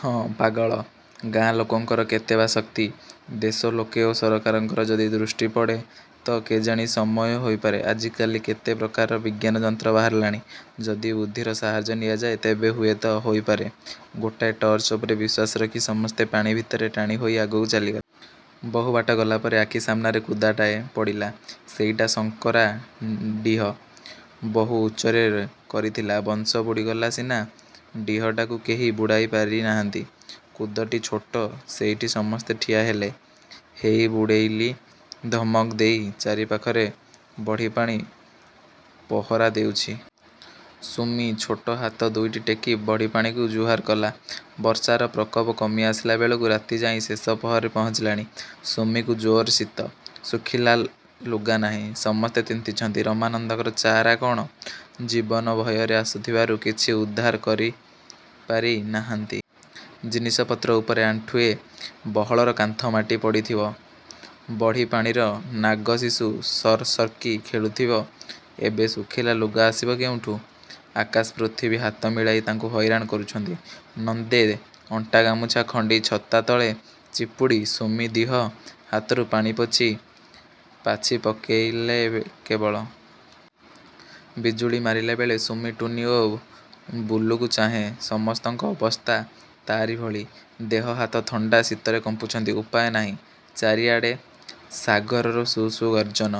ହୁଁ, ପାଗଳ–। ଗାଁ ଲୋକଙ୍କର କେତେ ବା ଶକ୍ତି? ଦେଶ ଲୋକେ ଓ ସରକାରଙ୍କର ଯଦି ଦୃଷ୍ଟି ପଡ଼େ ତ କେଜାଣି ସମୟ ହୋଇପାରେ। ଆଜିକାଲି କତେ ପ୍ରକାରର ବିଜ୍ଞାନଯନ୍ତ୍ର ବାହାରିଲାଣି। ଯଦି ବୁଦ୍ଧିର ସାହାଯ୍ୟ ନିଆଯାଏ, ତେବେ ହୁଏତ ହୋଇପାରେ। ଗୋଟାଏ ଟର୍ଚ୍ଚ ଉପରେ ବିଶ୍ୱାସ ରଖି ସମସ୍ତେ ପାଣି ଭିତରେ ଟାଣି ହୋଇ ଆଗକୁ ଚାଲିଲେ। ବହୁ ବାଟ ଗଲାପରେ–ଆଖି ସାମ୍ନାରେ କୁଦଟାଏ ପଡ଼ିଲା। ସେଇଟା ଶଙ୍କରା ଢିଅ। ବହୁ ଉଚ୍ଚରେ କରିଥିଲା। ବଂଶ ବୁଡ଼ିଗଲା ସିନା ଢିଅଟାକୁ କେହି ବୁଡ଼େଇ ପାରି ନାହାନ୍ତି। କୁଦଟି ଛୋଟ–ସେଇଠି ସମସ୍ତେ ଠିଆ ହେଲେ। 'ହେଇ ବୁଡ଼େଇଲି' ଧମକ ଦେଇ ଚାରିପାଖରେ ବଢ଼ିପାଣି ପହରା ଦେଉଚି। ସୁମି ଛୋଟ ହାତ ଦୁଇଟି ଟେକି ବଢ଼ିପାଣିକୁ ଜୁହାର କଲା। ବର୍ଷାର ପ୍ରକୋପ କମି ଆସିଲାବେଳକୁ ରାତିଯାଇଁ ଶେଷ ପହରରେ ପହଞ୍ଚିଲାଣି। ସୁମିକୁ ଜୋର୍ ଶୀତ। ଶୁଖିଲା ଲୁଗାନାହିଁ। ସମସ୍ତେ ତିନ୍ତିଛନ୍ତି। ରାମନନ୍ଦଙ୍କର ଚାରା କଣ? ଜୀବନ ଭୟରେ ଆସିଥିବାରୁ କିଛି ଉଦ୍ଧାର କରିପାରି ନାହାନ୍ତି। ଜିନିଷପତ୍ର ଉପରେ ଆଣ୍ଠୁଏ ବହଳର କାନ୍ଥ-ମାଟି ପଡ଼ିଥିବ; ବଢ଼ିପାଣିର ନାଗଶିଶୁ ସର୍ ସର୍କି ଖେଳୁଥିବ। ଏବେ ଶୁଖିଲା ଲୁଗା ଆସିବ କେଉଁଠୁ? ଆକାଶ ପୃଥିବୀ ହାତ ମିଳାଇ ତାଙ୍କୁ ହଇରାଣ କରିଛନ୍ତି। ନନ୍ଦେ ଅଣ୍ଟା ଗାମୁଛା ଖଣ୍ଡି ଛତା ତଳେ ଚିପୁଡ଼ି ସୁମି ଦିହ ହାତରୁ ପାଣି ପୋଛି-ପାଛି ପକେଇଲେ କେବଳ। ବିଜୁଳି ମାରିଲାବେଳେ ସୁମି ଟୁନୀ ଓ ବୁଲୁକୁ ଚାହେଁ। ସମସ୍ତଙ୍କ ଅବସ୍ଥା ତାରି ଭଳି। ଦେହ ହାତ ଥଣ୍ଡା। ଶୀତରେ କମ୍ପୁଛନ୍ତି। ଉପାୟ ନାହିଁ। ଚାରିଆଡ଼େ ସାଗରର ସୁ-ସୁ ଗର୍ଜନ।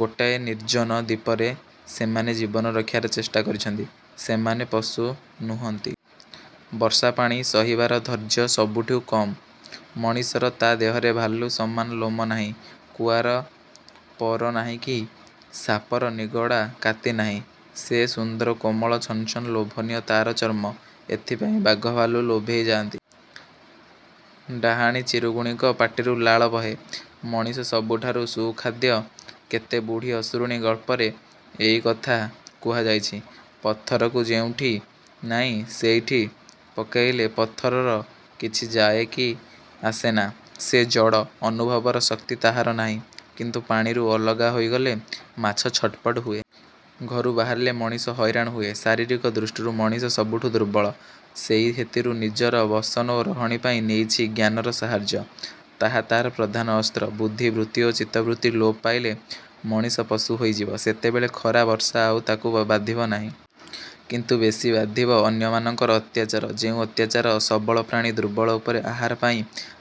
ଗୋଟାଏ ନିର୍ଜ୍ଜନ ଦ୍ୱୀପରେ ସେମାନେ ଜୀବନ ରକ୍ଷାର ଚେଷ୍ଟା କରିଛନ୍ତି। ସେମାନେ ପଶୁ ନୁହନ୍ତି। ବର୍ଷା-ପାଣି ସହିବାର ଧୈର୍ଯ୍ୟ ସବୁଠୁଁ କମ୍ ମଣିଷର। ତା' ଦେହରେ ଭାଲୁ ସମାନ ଲୋମ ନାହିଁ, କୁଆର ପର ନାହିଁ କି, କି ସାପର ନିଗଡ଼ା କାତି ନାହିଁ। ସେ ସୁନ୍ଦର, କୋମଳ ଛନଛନ ଲୋଭନୀୟ ତାର ଚର୍ମ। ଏଥିପାଇଁ ବାଘ ଭାଲୁ ଲୋଭେଇ ଯାଆନ୍ତି। ଡାଆଣି ଚିରଗୁଣିଙ୍କ ପାଟିରୁ ଲାଳ ବହେ। ମଣିଷ ସବୁଠାରୁ ସୁଖାଦ୍ୟ। କେତେ ବୁଢ଼ୀ ଅସୁରୁଣୀ ଗଳ୍ପରେ ଏଇକଥା କୁହାଯାଇଚି। ପଥରକୁ ଯେଉଁଠି ନାଇଁ ସେଠି ପକେଇଲେ ପଥରର କିଛି ଯାଏ କି ଆସେନା। ସେ ଜଡ଼, ଅନୁଭବର ଶକ୍ତି ତାହାର ନାଇଁ। କିନ୍ତୁ ପାଣିରୁ ଅଲଗା ହୋଇଗଲେ ମାଛ ଛଟ୍ପଟ ହୁଏ। ଘରୁ ବାହାରିଲେ ମଣିଷ ହଇରାଣ ହୁଏ। ଶାରୀରିକ ଦୃଷ୍ଟିରୁ ମଣିଷ ସବୁଠୁଁ ଦୁର୍ବଳ। ସେଇହେତୁରୁ ନିଜର ବସନ ଓ ରହଣୀ ପାଇଁ ନେଇଛି ଜ୍ଞାନର ସାହାଯ୍ୟ। ତାହା ତାର ପ୍ରଧାନ ଅସ୍ତ୍ର। ବୁଦ୍ଧି ବୃତ୍ତି ଓ ଚିତ୍ତବୃତ୍ତି ଲୋପ ପାଇଲେ ମଣିଷ ପଶୁ ହୋଇଯିବ। ସେତେବେଳେ ଖରା ବର୍ଷା ଆଉ ତାକୁ ବାଧିବ ନାହିଁ। କିନ୍ତୁ ବେଶୀ ବାଧିବ ଅନ୍ୟମାନଙ୍କର ଅତ୍ୟାଚାର–ଯେଉଁ ଅତ୍ୟାଚାର ସବଳ ପ୍ରାଣୀ ଦୁର୍ବଳ ଉପରେ ଆହାର ପାଇଁ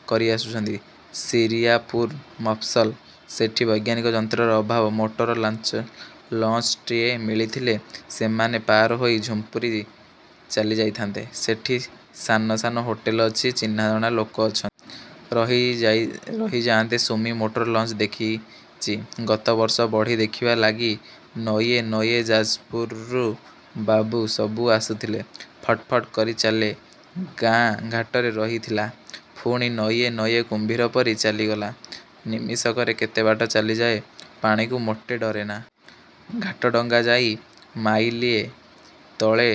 କରି ଆସୁଛନ୍ତି। ଶିରିଆପୁର ମଫସଲ। ସେଠି ବୈଜ୍ଞାନିକ ଯନ୍ତ୍ରର ଅଭାବ। ମୋଟର ଲଞ୍ଚଟାଏ ମିଳିଥିଲେ ସେମାନେ ପାର ହୋଇ ଝୁମ୍ପୁରି ଚାଲିଯାଆନ୍ତେ। ସେଠି ସାନ ସାନ ହୋଟେଲ ଅଛି, ଚିହ୍ନାଜଣା ଲୋକ ଅଛନ୍ତି। ରହିଯାନ୍ତେ। ସୁମି ମୋଟର ଲଞ୍ଚ ଦେଖିଚି। ଗତବର୍ଷ ବଢ଼ି ଦେଖିବା ଲାଗି ନଈଏ। ନଈଏ ଯାଜପୁରରୁ ବାବୁ ସବୁ ଆସିଥିଲେ। ଫଟ୍ ଫଟ୍ କରି ଚାଲେ। ଗାଁ ଘାଟରେ ରହିଥିଲା। ପୁଣି ନଈଏ ନଈଏ କୁମ୍ଭୀର ପରି ଚାଲିଗଲା। ନିମିଷକରେ କେତେ ବାଟ ଚାଲିଯାଏ। ପାଣିକୁ ମୋଟେ ଡରେନା। ଘାଟ ଡଙ୍ଗା ଯାଇଁ ମାଇଲିଏ ତଳେ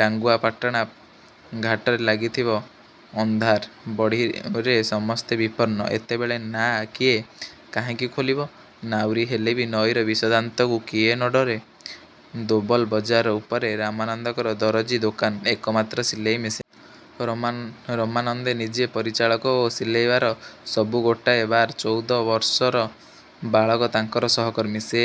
ଡାଙ୍ଗୁଆ ପାଟଣା ଘାଟରେ ଲାଗିଥିବ। ଅନ୍ଧାର। ବଢ଼ିରେ ସମସ୍ତେ ବିପନ୍ନ। ଏତେବେଳେ ନାଆ କିଏ କାହିଁକି ଖୋଲିବ। ନାଉରି ହେଲେ ବି ନଈର ବିଷଦାନ୍ତକୁ କିଏ ନଡରେ? ଦୋବଲ ବଜାର ଉପରେ ରାମନନ୍ଦଙ୍କର ଦରଜୀ ଦୋକାନ। ଏକମାତ୍ର ସିଲେଇ ମେସିନ। ରାମାନନ୍ଦେ ନିଜେ ପରିଚାଳକ ଓ ସିଲେଇକାର ସବୁ। ଗୋଟିଏ ବାର ଚଉଦ ବର୍ଷର ବାଳକ ତାଙ୍କର ସହକର୍ମୀ। ସେ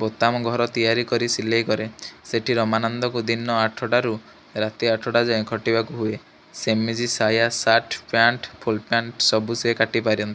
ବୋତାମଘର ତିଆରି କରି ସିଲେଇ କରେ। ସେଠି ରାମନନ୍ଦଙ୍କୁ ଦିନ ଆଠଟାରୁ ରାତି ଆଠଟା ଯାଏଁ ଖଟିବାକୁ ହୁଏ। ସେମିଜି, ସାୟା, ସାର୍ଟ, ପ୍ୟାଣ୍ଟ, ଫୁଲପ୍ୟାଣ୍ଟ୍ ସବୁ ସେ କାଟି ପାରନ୍ତି।